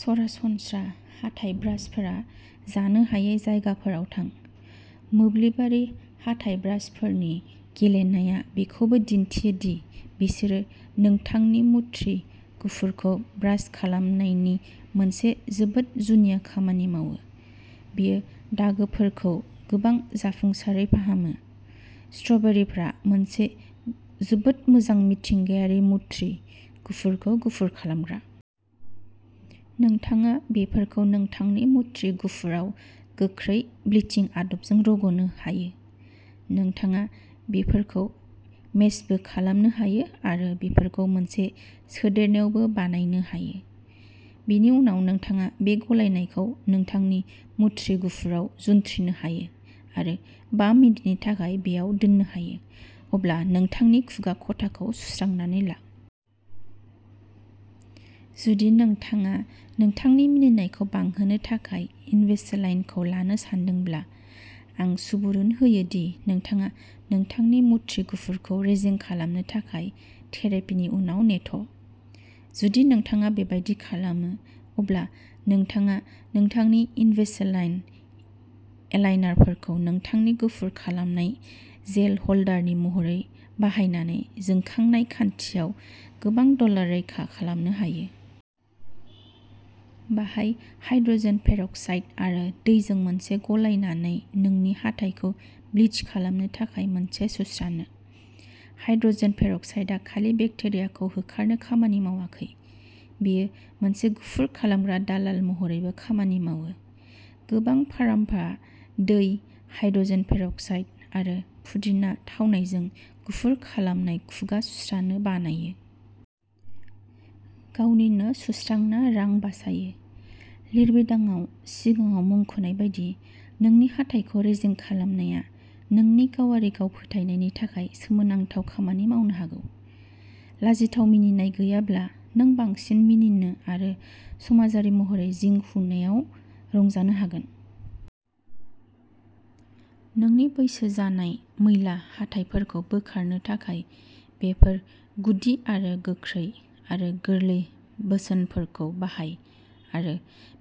सरासनस्रा हाथाइ ब्रासफोरा जानो हायै जायगाफोराव थां। मोब्लिबारि हाथाइ ब्रासफोरनि गेलेनाया बेखौबो दिन्थियो दि बिसोरो नोंथांनि मुथ्रि गुफुरखौ ब्रास खालामनायनि मोनसे जोबोद जुनिया खामानि मावो। बेयो दागोफोरखौ गोबां जाफुंसारै फाहामो। स्ट्र'बेरिफोरा मोनसे जोबोद मोजां मिथिंगायारि मुथ्रि गुफुरखौ गुफुर खालामग्रा। नोंथाङा बेफोरखौ नोंथांनि मुथ्रि गुफुराव गोख्रै ब्लिचिं आदबजों रग'नो हायो। नोंथाङा बेफोरखौ मेसबो खालामनो हायो आरो बेफोरखौ मोनसे सोदेरनायावबो बानायनो हायो। बेनि उनाव नोंथाङा बे गलायनायखौ नोंथांनि मुथ्रि गुफुराव जुन्थ्रिनो हायो आरो बा मिनिटनि थाखाय बैयाव दोननो हायो, अब्ला नोंथांनि खुगा ख'थाखौ सुस्रांना ला। जुदि नोंथाङा नोंथांनि मिनिनायखौ बांहोनो थाखाय इनविसालाइनखौ लानो सानदोंब्ला, आं सुबुरुन होयो दि नोंथाङा नोंथांनि मुथ्रि गुफुरखौ रेजें खालामनो थाखाय थेरापिनि उनाव नेथ'। जुदि नोंथाङा बेबादि खालामो, अब्ला नोंथाङा नोंथांनि इनभिसालाइन एलाइनारफोरखौ नोंथांनि गुफुर खालामनाय जेलनि ह'ल्डार महरै बाहायनानै जोंखांनाय खान्थियाव गोबां डलार रैखा खालामनो हायो। बाहाय हाइड्र'जेन पेर'क्साइड आरो दैजों मोनसे गलायनानै नोंनि हाथाइखौ ब्लिच खालामनो थाखाय मोनसे सुस्रानो। हाइड्र'जेन पेर'क्साइडआ खालि बेक्टेरियाखौ होखारनो खामानि मावाखै, बेयो मोनसे गुफुर खालामग्रा दालाल महरैबो खामानि मावो। गोबां फार्मफोरा दै, हाइड्र'जेन पेर'क्साइड आरो पुदिना थावनायजों गुफुर खालामनाय खुगा सुस्रानो बानायो। गावनिनो सुस्रांना रां बासायो। लिरबिदांआव सिगाङाव मुंख'नाय बायदि, नोंनि हाथाइखौ रेजें खालामनाया नोंनि गावारि गाव फोथायथिनि थाखाय सोमोनांथाव खामानि मावनो हागौ। लाजिथाव मिनिनाय गैयाब्ला, नों बांसिन मिनिनो आरो समाजारि महरै जिउ खुंनायाव रंजानो हागोन। नोंनि बैसो जानाय, मैला हाथाइफोरखौ बोखारनो थाखाय बेफोर गुदि आरो गोख्रै आरो गोरलै बोसोनफोरखौ बाहाय आरो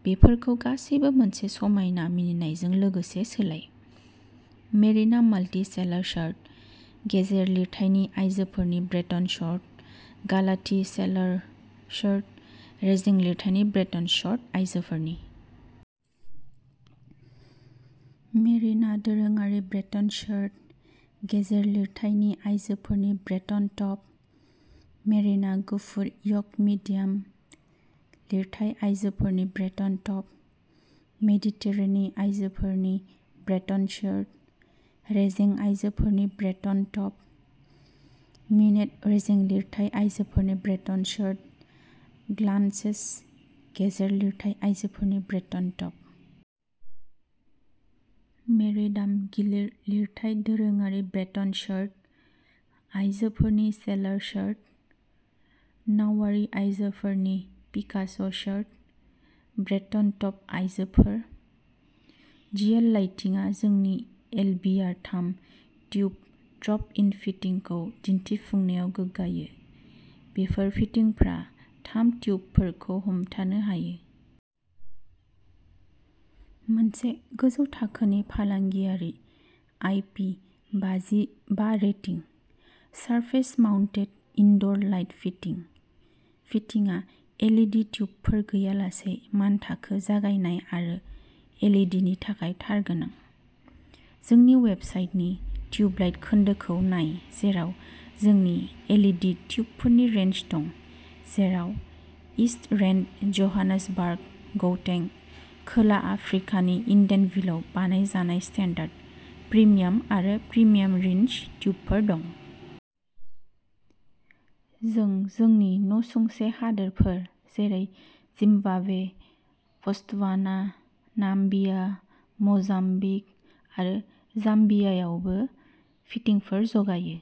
बेफोरखौ गासैबो मोनसे समायना मिनिनायजों लोगोसे सोलाय। मेरिना माल्टि सेलर शार्ट, गेजेर लिरथायनि आयजोफोरनि ब्रेटन शर्ट। गालाथि सेलर शर्ट, रेजें लिरथायनि ब्रेटन शर्ट आयजोफोरनि। मेरिना दोरोङारि ब्रेटन शर्ट, गेजेर लिरथायनि आयजोफोरनि ब्रेटन टप। मेरिना गुफुर य'क मिडियाम। लिरथाय आयजोफोरनि ब्रेटन टप। मेडिटेरेनी आयजोफोरनि ब्रेटन शार्ट, रेजें आयजोफोरनि ब्रेटन टप। मिनेट रेजें लिरथाय आयजोफोरनि ब्रेटन शर्ट। ग्लेनान्स गेजेर लिरथाय आयजोफोरनि ब्रेटन टप। मेरिडाम गिलिर लिरथाय दोरोङारि ब्रेटन शर्ट, आयजोफोरनि सेलर शर्ट। नावारि आयजोफोरनि पिकास' शर्ट, ब्रेटन टप आयजोफोर। जिएल लाइटिंआ जोंनि एलबिआर थाम ट्युब ड्रप इन फिटिंखौ दिन्थिफुंनायाव गोग्गायो। बेफोर फिटिंफोरा थाम ट्युबफोरखौ हमथानो हायो। मोनसे गोजौ थाखोनि फालांगियारि, आइपि बाजि बा rating, surface mounted indoor light fitting. फिटिंआ एलइडि ट्युबफोर गैयालासे मानथाखो जगायनाय आरो एलइडिनि थाखाय तार गोनां। जोंनि वेबसाइटनि ट्युब लाइट खोन्दोखौ नाय जेराव जोंनि एलइडि ट्युबफोरनि रेन्ज दं जेराव इस्ट रेन्ड, जोहान्सबार्ग, गौतें, खोला आफ्रिकानि इडेनभेलआव बानायजानाय स्टान्डार्ड, प्रिमियाम आरो प्रिमियाम रेन्ज ट्युबफोर दं। जों जोंनि नसुंसे हादोरफोर जेरै जिम्बाब्वे, बत्सवाना, नामिबिया, मोजाम्बिक आरो जाम्बियायावबो फिटिंफोर जगायो।